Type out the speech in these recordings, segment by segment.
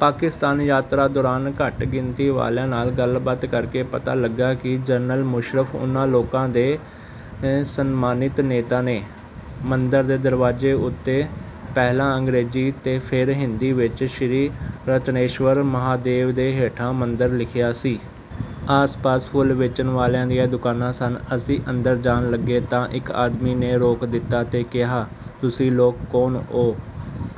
ਪਾਕਿਸਤਾਨ ਯਾਤਰਾ ਦੌਰਾਨ ਘੱਟ-ਗਿਣਤੀ ਵਾਲਿਆਂ ਨਾਲ ਗੱਲਬਾਤ ਕਰਕੇ ਪਤਾ ਲੱਗਾ ਕਿ ਜਨਰਲ ਮੁਸ਼ੱਰਫ਼ ਉਹਨਾਂ ਲੋਕਾਂ ਦੇ ਸਨਮਾਨਿਤ ਨੇਤਾ ਨੇ। ਮੰਦਰ ਦੇ ਦਰਵਾਜ਼ੇ ਉੱਤੇ ਪਹਿਲਾਂ ਅੰਗਰੇਜ਼ੀ ਤੇ ਫੇਰ ਹਿੰਦੀ ਵਿੱਚ 'ਸ਼੍ਰੀ ਰਤਨੇਸ਼ਵਰ ਮਹਾਦੇਵ' ਦੇ ਹੇਠਾਂ 'ਮੰਦਰ' ਲਿਖਿਆ ਸੀ। ਆਸ-ਪਾਸ ਫੁੱਲ ਵੇਚਣ ਵਾਲਿਆਂ ਦੀਆਂ ਦੁਕਾਨਾਂ ਸਨ। ਅਸੀਂ ਅੰਦਰ ਜਾਣ ਲੱਗੇ ਤਾਂ ਇੱਕ ਆਦਮੀ ਨੇ ਰੋਕ ਦਿੱਤਾ ਤੇ ਕਿਹਾ, "ਤੁਸੀਂ ਲੋਕ ਕੌਣ ਓ?"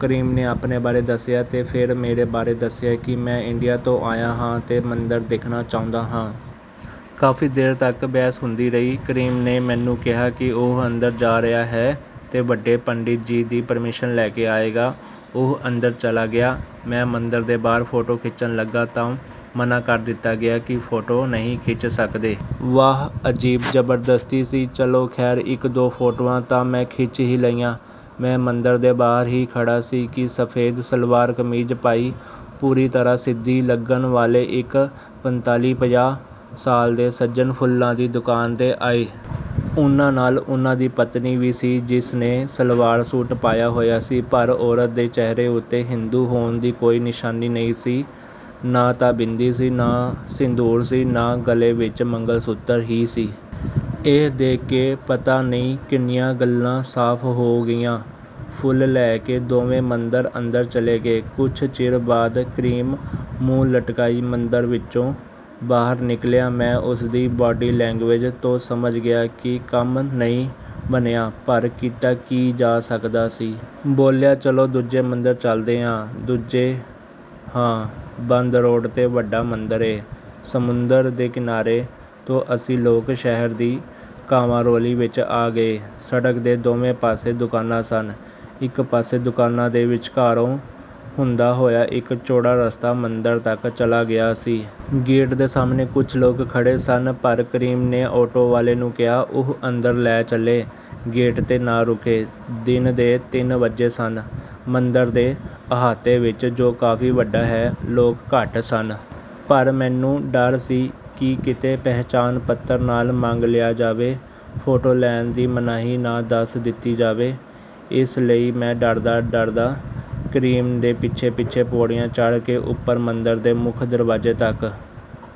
ਕਰੀਮ ਨੇ ਆਪਣੇ ਬਾਰੇ ਦੱਸਿਆ ਤੇ ਫੇਰ ਮੇਰੇ ਬਾਰੇ ਦੱਸਿਆ ਕਿ ਮੈਂ ਇੰਡੀਆ ਤੋਂ ਆਇਆ ਹਾਂ ਤੇ ਮੰਦਰ ਦੇਖਣਾ ਚਾਹੁੰਦਾ ਹਾਂ। ਕਾਫ਼ੀ ਦੇਰ ਤੱਕ ਬਹਿਸ ਹੁੰਦੀ ਰਹੀ। ਕਰੀਮ ਨੇ ਮੈਨੂੰ ਕਿਹਾ ਕਿ ਉਹ ਅੰਦਰ ਜਾ ਰਿਹਾ ਹੈ ਤੇ ਵੱਡੇ ਪੰਡਿਤ ਜੀ ਦੀ ਪਰਮਿਸ਼ਨ ਲੈ ਆਏਗਾ। ਉਹ ਅੰਦਰ ਚਲਾ ਗਿਆ। ਮੈਂ ਮੰਦਰ ਦੇ ਬਾਹਰ ਫੋਟੋ ਖਿੱਚਣ ਲੱਗਾ ਤਾਂ ਮਨ੍ਹਾਂ ਕਰ ਦਿੱਤਾ ਗਿਆ ਕਿ ਫੋਟੋ ਨਹੀਂ ਖਿੱਚ ਸਕਦੇ। ਵਾਹ, ਅਜੀਬ ਜਬਰਦਸਤੀ ਸੀ। ਚਲੋ, ਖ਼ੈਰ, ਇੱਕ-ਦੋ ਫੋਟੋਆਂ ਤਾਂ ਮੈਂ ਖਿੱਚ ਹੀ ਲਈਆਂ। ਮੈਂ ਮੰਦਰ ਦੇ ਬਾਹਰ ਹੀ ਖੜ੍ਹਾ ਸੀ ਕਿ ਸਫ਼ੈਦ ਸਲਵਾਰ-ਕਮੀਜ਼ ਪਾਈ, ਪੂਰੀ ਤਰ੍ਹਾਂ ਸਿੰਧੀ ਲੱਗਣ ਵਾਲੇ ਇੱਕ ਪੰਤਾਲੀ-ਪੰਜਾਹ ਸਾਲ ਦੇ ਸੱਜਣ ਫੁੱਲਾਂ ਦੀ ਦੁਕਾਨ 'ਤੇ ਆਏ। ਉਹਨਾਂ ਨਾਲ ਉਹਨਾਂ ਦੀ ਪਤਨੀ ਵੀ ਸੀ, ਜਿਸਨੇ ਸਲਵਾਰ-ਸੂਟ ਪਾਇਆ ਹੋਇਆ ਸੀ। ਪਰ ਔਰਤ ਦੇ ਚਿਹਰੇ ਉੱਤੇ ਹਿੰਦੂ ਹੋਣ ਦੀ ਕੋਈ ਨਿਸ਼ਾਨੀ ਨਹੀਂ ਸੀ। ਨਾ ਤਾਂ ਬਿੰਦੀ ਸੀ, ਨਾ ਸਿੰਦੂਰ ਸੀ, ਨਾ ਗਲ਼ੇ ਵਿੱਚ ਮੰਗਲ-ਸੂਤਰ ਹੀ ਸੀ। ਇਹ ਦੇਖ ਕੇ ਪਤਾ ਨਹੀਂ ਕਿੰਨੀਆਂ ਗੱਲਾਂ ਸਾਫ਼ ਹੋ ਗਈਆਂ। ਫੁੱਲ ਲੈ ਕੇ ਦੋਵੇਂ ਮੰਦਰ ਅੰਦਰ ਚਲੇ ਗਏ। ਕੁਝ ਚਿਰ ਬਾਅਦ ਕਰੀਮ ਮੂੰਹ ਲਟਕਾਈ ਮੰਦਰ ਵਿੱਚੋਂ ਬਾਹਰ ਨਿਕਲਿਆ। ਮੈਂ ਉਸਦੀ ਬਾਡੀ ਲੈਂਗਵੇਜ ਤੋਂ ਸਮਝ ਗਿਆ ਕਿ ਕੰਮ ਨਹੀਂ ਬਣਿਆ, ਪਰ ਕੀਤਾ ਕੀ ਜਾ ਸਕਦਾ ਸੀ। ਬੋਲਿਆ, "ਚੱਲੋ, ਦੂਜੇ ਮੰਦਰ ਚਲਦੇ ਆਂ।" "ਦੂਜੇ?" "ਹਾਂ, ਬੰਦ ਰੋਡ 'ਤੇ ਵੱਡਾ ਮੰਦਰ ਏ।" ਸਮੁੰਦਰ ਦੇ ਕਿਨਾਰੇ ਤੋਂ ਅਸੀਂ ਲੋਕ ਸ਼ਹਿਰ ਦੀ ਕਾਵਾਂ-ਰੌਲੀ ਵਿੱਚ ਆ ਗਏ। ਸੜਕ ਦੇ ਦੋਵੇਂ ਪਾਸੇ ਦੁਕਾਨਾਂ ਸਨ। ਇੱਕ ਪਾਸੇ ਦੁਕਾਨਾਂ ਦੇ ਵਿਚਕਾਰੋਂ ਹੁੰਦਾ ਹੋਇਆ ਇੱਕ ਚੌੜਾ ਰਸਤਾ ਮੰਦਰ ਤੱਕ ਚਲਾ ਗਿਆ ਸੀ। ਗੇਟ ਦੇ ਸਾਹਮਣੇ ਕੁਝ ਲੋਕ ਖੜ੍ਹੇ ਸਨ, ਪਰ ਕਰੀਮ ਨੇ ਆਟੋ ਵਾਲੇ ਨੂੰ ਕਿਹਾ, ਉਹ ਅੰਦਰ ਲੈ ਚੱਲੇ, ਗੇਟ 'ਤੇ ਨਾ ਰੁਕੇ। ਦਿਨ ਦੇ ਤਿੰਨ ਵੱਜੇ ਸਨ। ਮੰਦਰ ਦੇ ਅਹਾਤੇ ਵਿੱਚ, ਜੋ ਕਾਫ਼ੀ ਵੱਡਾ ਹੈ, ਲੋਕ ਘੱਟ ਸਨ। ਪਰ ਮੈਨੂੰ ਡਰ ਸੀ ਕਿ ਕਿਤੇ ਪਛਾਣ-ਪੱਤਰ ਨਾ ਮੰਗ ਲਿਆ ਜਾਵੇ। ਫੋਟੋ ਲੈਣ ਦੀ ਮਨਾਹੀ ਨਾ ਦੱਸ ਦਿੱਤੀ ਜਾਵੇ। ਇਸ ਲਈ ਮੈਂ ਡਰਦਾ-ਡਰਦਾ ਕਰੀਮ ਦੇ ਪਿੱਛੇ-ਪਿੱਛੇ ਪੌੜੀਆਂ ਚੜ੍ਹ ਕੇ ਉੱਪਰ ਮੰਦਰ ਦੇ ਮੁੱਖ ਦਰਵਾਜ਼ੇ ਤੱਕ...